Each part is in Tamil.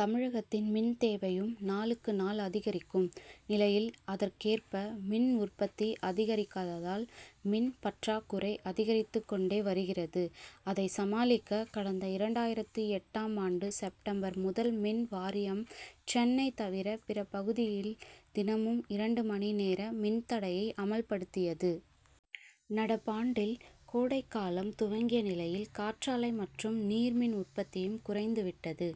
தமிழகத்தின் மின்தேவையும் நாளுக்கு நாள் அதிகரிக்கும் நிலையில் அதற்கேற்ப மின் உற்பத்தி அதிகரிக்காததால் மின் பற்றாக்குறை அதிகரித்து கொண்டே வருகிறது. அதை சமாளிக்க கடந்த இரண்டாயிரத்து எட்டாம் ஆண்டு செப்டம்பர் முதல் மின்வாரியம் சென்னை தவிர பிற பகுதியில் தினமும் இரண்டு மணி நேர மின்தடையை அமல்படுத்தியது. நடப்பாண்டில் கோடைகாலம் துவங்கிய நிலையில் காற்றாலை மற்றும் நீர்மின் உற்பத்தியும் குறைந்து விட்டது.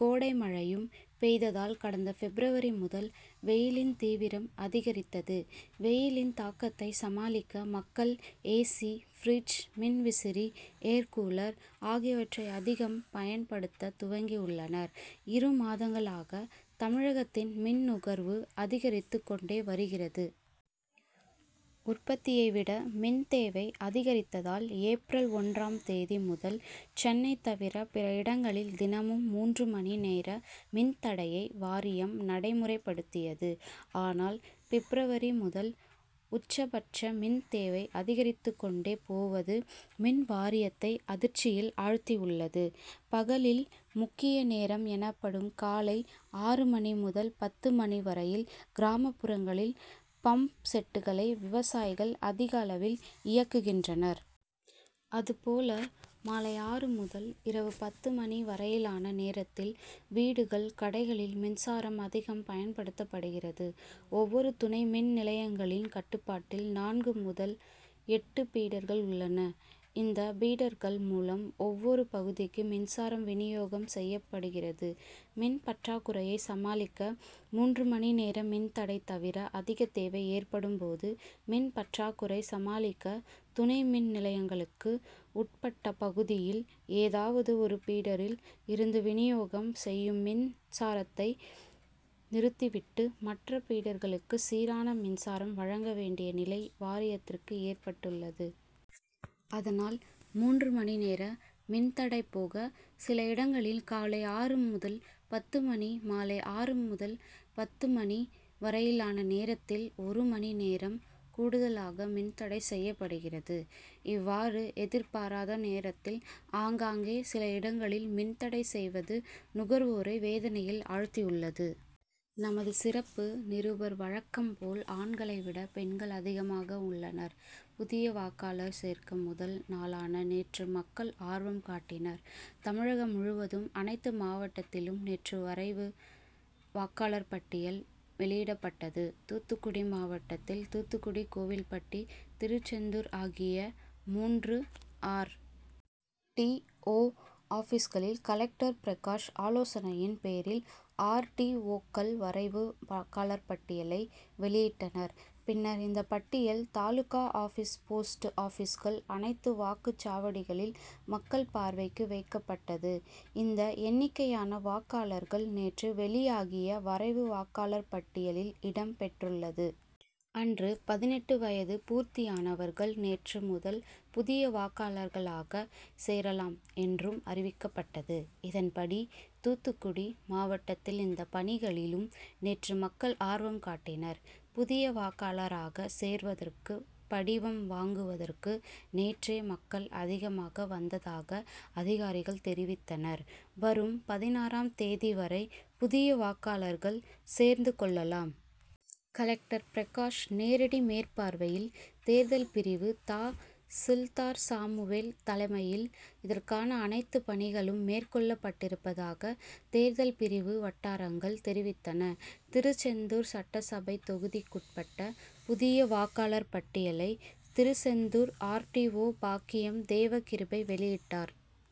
கோடைமழையும் பொய்த்ததால் கடந்த பிப்ரவரி முதல் வெயிலின் தீவிரம் அதிகரித்தது. வெயிலின் தாக்கத்தை சமாளிக்க மக்கள் ஏசி ப்ரிட்ஜ் மின் விசிறி ஏர்கூலர் ஆகியவற்றை அதிகம் பயன் படுத்த துவங்கியுள்ளனர். இரு மாதங்களாக தமிழகத்தின் மின்நுகர்வு அதிகரித்து கொண்டே வருகிறது. உற்பத்தியை விட மின் தேவை அதிகரித்ததால் ஏப்ரல் ஒன்றாம் தேதி முதல் சென்னை தவிர பிற இடங்களில் தினமும் மூன்று மணி நேர மின்தடையை வாரியம் நடைமுறைபடுத்தியது. ஆனால் பிப்ரவரி முதல் உச்சபட்ச மின்தேவை அதிகரித்து கொண்டே போவது மின்வாரியத்தை அதிர்ச்சியில் ஆழ்த்தியுள்ளது. பகலில் முக்கிய நேரம் எனப்படும் காலை ஆறு மணி முதல் பத்து மணி வரையில் கிராமப்புறங்களில் பம்ப்செட்களை விவசாயிகள் அதிக அளவில் இயக்குகின்றனர். அதுபோல மாலை ஆறு முதல் இரவு பத்து மணி வரையிலான நேரத்தில் வீடுகள் கடைகளில் மின்சாரம் அதிகம் பயன்படுத்தப்படுகிறது. ஒவ்வொரு துணை மின்நிலையங்களின் கட்டுப்பாட்டில் நான்கு முதல் எட்டு பீடர்கள் உள்ளன. இந்த பீடர்கள் மூலம் ஒவ்வொரு பகுதிக்கு மின்சாரம் வினியோகம் செய்யப்படுகிறது. மின் பற்றாக்குறையை சமாளிக்க மூன்று மணி நேர மின்தடை தவிர அதிக தேவை ஏற்படும் போது மின்பற்றாக்குறை சமாளிக்க துணை மின் நிலையங்களுக்கு உட்பட்ட பகுதியில் ஏதாவது ஒரு பீடரில் இருந்து வினியோகம் செய்யும் மின் சாரத்தை நிறுத்தி விட்டு மற்ற பீடர்களுக்கு சீரான மின்சாரம் வழங்க வேண்டிய நிலை வாரியத்திற்கு ஏற்பட்டுள்ளது. அதனால் மூன்று மணி நேர மின் தடை போக சில இடங்களில் காலை ஆறு முதல் பத்து மணி மாலை ஆறு முதல் பத்து மணி வரையிலான நேரத்தில் ஒரு மணி நேரம் கூடுதலாக மின்தடை செய்யப்படுகிறது. இவ்வாறு எதிர்பாராத நேரத்தில் ஆங்காங்கே சில இடங்களில் மின் தடை செய்வது நுகர்வோரை வேதனையில் ஆழ்த்தியுள்ளது. நமது சிறப்பு நிருபர் வழக்கம் போல் ஆண்களை விட பெண்கள் அதிகமாக உள்ளனர். புதிய வாக்காளர் சேர்க்க முதல் நாளான நேற்று மக்கள் ஆர்வம் காட்டினர். தமிழகம் முழுவதும் அனைத்து மாவட்டத்திலும் நேற்று வரைவு வாக்காளர் பட்டியல் வெளியிடப்பட்டது. தூத்துக்குடி மாவட்டத்தில் தூத்துக்குடி கோவில்பட்டி திருச்செந்தூர் ஆகிய மூன்று ஆர். டி. ஓ ஆபிஸ்களில் கலெக்டர் பிரகாஷ் ஆலோசனையின் பேரில் ஆர். டி. ஓக்கள் வரைவு வாக்காளர் பட்டியலை வெளியிட்டனர். பின்னர் இந்த பட்டியல் தாலுகா ஆபிஸ் போஸ்ட் ஆபிஸ்கள் அனைத்து வாக்குச்சாவடிகளில் மக்கள் பார்வைக்கு வைக்கப்பட்டது. இந்த எண்ணிக்கையான வாக்காளர்கள் நேற்று வெளியாகிய வரைவு வாக்காளர் பட்டியலில் இடம் பெற்றுள்ளது. அன்று பதினெட்டு வயது பூர்த்தியானவர்கள் நேற்று முதல் புதிய வாக்காளர்களாக சேரலாம் என்றும் அறிவிக்கப்பட்டது. இதன்படி தூத்துக்குடி மாவட்டத்தில் இந்த பணிகளிலும் நேற்று மக்கள் ஆர்வம் காட்டினர். புதிய வாக்காளராக சேர்வதற்கு படிவம் வாங்குவதற்கு நேற்றே மக்கள் அதிகமாக வந்ததாக அதிகாரிகள் தெரிவித்தனர். வரும் பதினாறாம் தேதி வரை புதிய வாக்காளர்கள் சேர்ந்து கொள்ளலாம். கலெக்டர் பிரகாஷ் நேரடி மேற்பார்வையில் தேர்தல் பிரிவு தா சில்தார் சாமுவேல் தலைமையில் இதற்கான அனைத்து பணிகளும் மேற்கொள்ளப்பட்டிருப்பதாக தேர்தல் பிரிவு வட்டாரங்கள் தெரிவித்தன. திருச்செந்தூர் சட்டசபை தொகுதிக்குட்பட்ட புதிய வாக்காளர் பட்டியலை திருச்செந்தூர் ஆர்டிஓ. பாக்கியம் தேவ கிருபை வெளியிட்டார்.